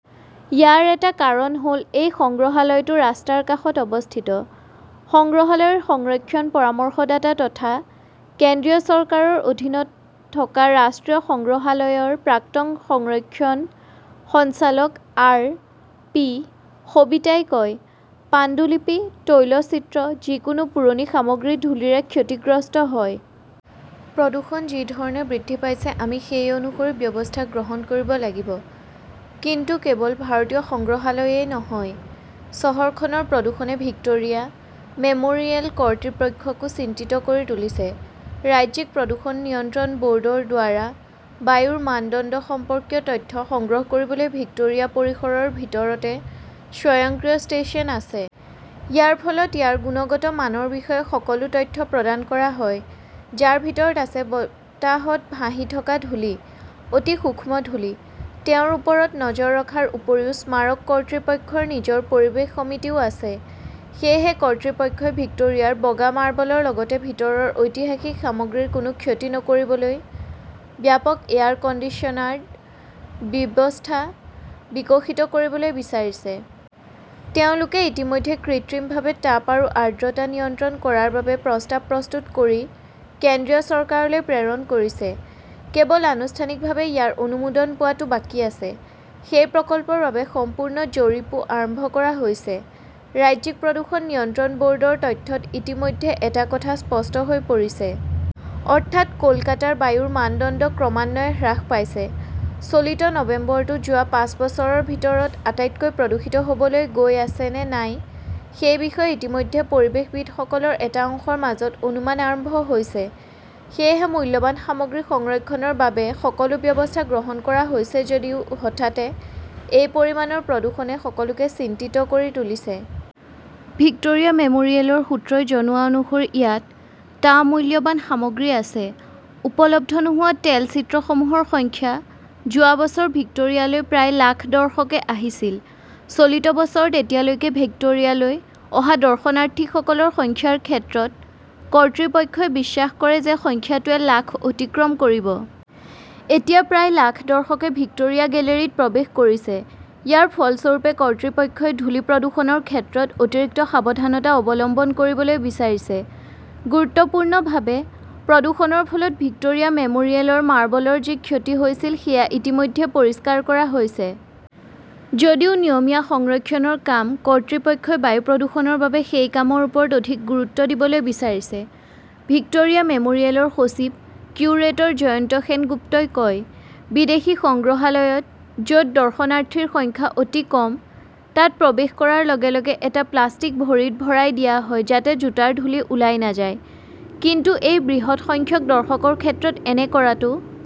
ইয়াৰ এটা কাৰণ হ "ল এই সংগ্ৰহালয়টো ৰাস্তাৰ কাষত অৱস্থিত। সংগ্ৰহালয়ৰ সংৰক্ষণ পৰামৰ্শদাতা তথা কেন্দ্ৰীয় চৰকাৰৰ অধীনত থকা ৰাষ্ট্ৰীয় সংগ্ৰহালয়ৰ প্ৰাক্তন সংৰক্ষণ সঞ্চালক আৰ. পি. সবিতাই কয়, "পাণ্ডুলিপি, তৈলচিত্ৰ, যিকোনো পুৰণি সামগ্ৰী ধূলিৰে ক্ষতিগ্ৰস্ত হয়। প্ৰদূষণ যি ধৰণে বৃদ্ধি পাইছে, আমি সেই অনুসৰি ব্যৱস্থা গ্ৰহণ কৰিব লাগিব। "কিন্তু কেৱল ভাৰতীয় সংগ্ৰহালয়ই নহয়, চহৰখনৰ প্ৰদূষণে ভিক্টোৰিয়া মেম" ৰিয়েল কৰ্তৃপক্ষকো চিন্তিত কৰি তুলিছে। ৰাজ্যিক প্ৰদূষণ নিয়ন্ত্ৰণ ব "ৰ্ডৰ দ্বাৰা বায়ুৰ মানদণ্ড সম্পৰ্কীয় তথ্য সংগ্ৰহ কৰিবলৈ ভিক্টোৰিয়া পৰিসৰৰ ভিতৰতে স্বয়ংক্ৰিয় 'ষ্টেচন" আছে। ইয়াৰ ফলত ইয়াৰ গুণগত মানৰ বিষয়ে সকলো তথ্য প্ৰদান কৰা হয়, যাৰ ভিতৰত আছে বতাহত ভাহি থকা ধূলি, অতি সূক্ষ্ম ধূলি। তেওঁৰ ওপৰত নজৰ ৰখাৰ উপৰিও স্মাৰক কৰ্তৃপক্ষৰ নিজৰ পৰিৱেশ সমিতিও আছে। সেয়েহে কৰ্তৃপক্ষই ভিক্টোৰিয়াৰ বগা মাৰ্বলৰ লগতে ভিতৰৰ ঐতিহাসিক সামগ্ৰীৰ কোনো ক্ষতি নকৰিবলৈ 'ব্যাপক এয়াৰ কণ্ডিচনাৰ্ড "ব্যৱস্থা বিকশিত কৰিবলৈ বিচাৰিছে। তেওঁলোকে ইতিমধ্যে কৃত্ৰিমভাৱে তাপ আৰু আৰ্দ্ৰতা নিয়ন্ত্ৰণ কৰাৰ বাবে প্ৰস্তাৱ প্ৰস্তুত কৰি কেন্দ্ৰীয় চৰকাৰলৈ প্ৰেৰণ কৰিছে। কেৱল আনুষ্ঠানিকভাৱে ইয়াৰ অনুমোদন পোৱাটো বাকী আছে। সেই প্ৰকল্পটোৰ বাবে সম্পূৰ্ণ জৰীপও আৰম্ভ কৰা হৈছে। ৰাজ্যিক প্ৰদূষণ নিয়ন্ত্ৰণ ব "ৰ্ডৰ তথ্যত ইতিমধ্যে এটা কথা স্পষ্ট হৈ পৰিছে। অৰ্থাৎ, কলকাতাৰ বায়ুৰ মানদণ্ড ক্ৰমান্বয়ে হ্ৰাস পাইছে। চলিত নৱেম্বৰটো যোৱা পাঁচ বছৰৰ ভিতৰত আটাইতকৈ প্ৰদূষিত হ "বলৈ গৈ আছে নে নাই সেই বিষয়ে ইতিমধ্যে পৰিৱেশবিদসকলৰ এটা অংশৰ মাজত অনুমান আৰম্ভ হৈছে। সেয়েহে মূল্যৱান সামগ্ৰী সংৰক্ষণৰ বাবে সকলো ব্যৱস্থা গ্ৰহণ কৰা হৈছে যদিও হঠাতে এই পৰিমাণৰ প্ৰদূষণে সকলোকে চিন্তিত কৰি তুলিছে। ভিক্টোৰিয়া মেম "ৰিয়েলৰ সূত্ৰই জনোৱা অনুসৰি ইয়াত, টা মূল্যৱান সামগ্ৰী আছে। উপলব্ধ নোহোৱা তেলচিত্ৰসমূহৰ সংখ্যা। যোৱা বছৰ ভিক্টোৰিয়ালৈ প্ৰায় লাখ দৰ্শকে আহিছিল। চলিত বছৰত এতিয়ালৈকে ভিক্টোৰিয়ালৈ অহা দৰ্শনাৰ্থীসকলৰ সংখ্যাৰ ক্ষেত্ৰত, কৰ্তৃপক্ষই বিশ্বাস কৰে যে সংখ্যাটোৱে লাখ অতিক্ৰম কৰিব। এতিয়া প্ৰায় লাখ দৰ্শকে ভিক্টোৰিয়া গেলেৰীত প্ৰৱেশ কৰিছে। ইয়াৰ ফলস্বৰূপে, কৰ্তৃপক্ষই ধূলি প্ৰদূষণৰ ক্ষেত্ৰত অতিৰিক্ত সাৱধানতা অৱলম্বন কৰিবলৈ বিচাৰিছে। গুৰুত্বপূৰ্ণভাৱে, প্ৰদূষণৰ ফলত ভিক্টোৰিয়া মেম "ৰিয়েলৰ মাৰ্বলৰ যি ক্ষতি হৈছিল সেয়া ইতিমধ্যে পৰিষ্কাৰ কৰা হৈছে। যদিও নিয়মীয়া সংৰক্ষণৰ কাম, কৰ্তৃপক্ষই বায়ু প্ৰদূষণৰ বাবে সেই কামৰ ওপৰত অধিক গুৰুত্ব দিবলৈ বিচাৰিছে। ভিক্টোৰিয়া মেম "ৰিয়েলৰ সচিব-কিউৰেটৰ জয়ন্ত সেনগুপ্তই কয়," বিদেশী সংগ্ৰহালয়ত, য "ত দৰ্শনাৰ্থীৰ সংখ্যা অতি কম, তাত প্ৰৱেশ কৰাৰ লগে লগে এটা প্লাষ্টিক ভৰিত ভৰাই দিয়া হয় যাতে জোতাৰ ধূলি ওলাই নাযায়। " কিন্তু এই বৃহৎ সংখ্যক দৰ্শকৰ ক্ষেত্ৰত এনে কৰাটো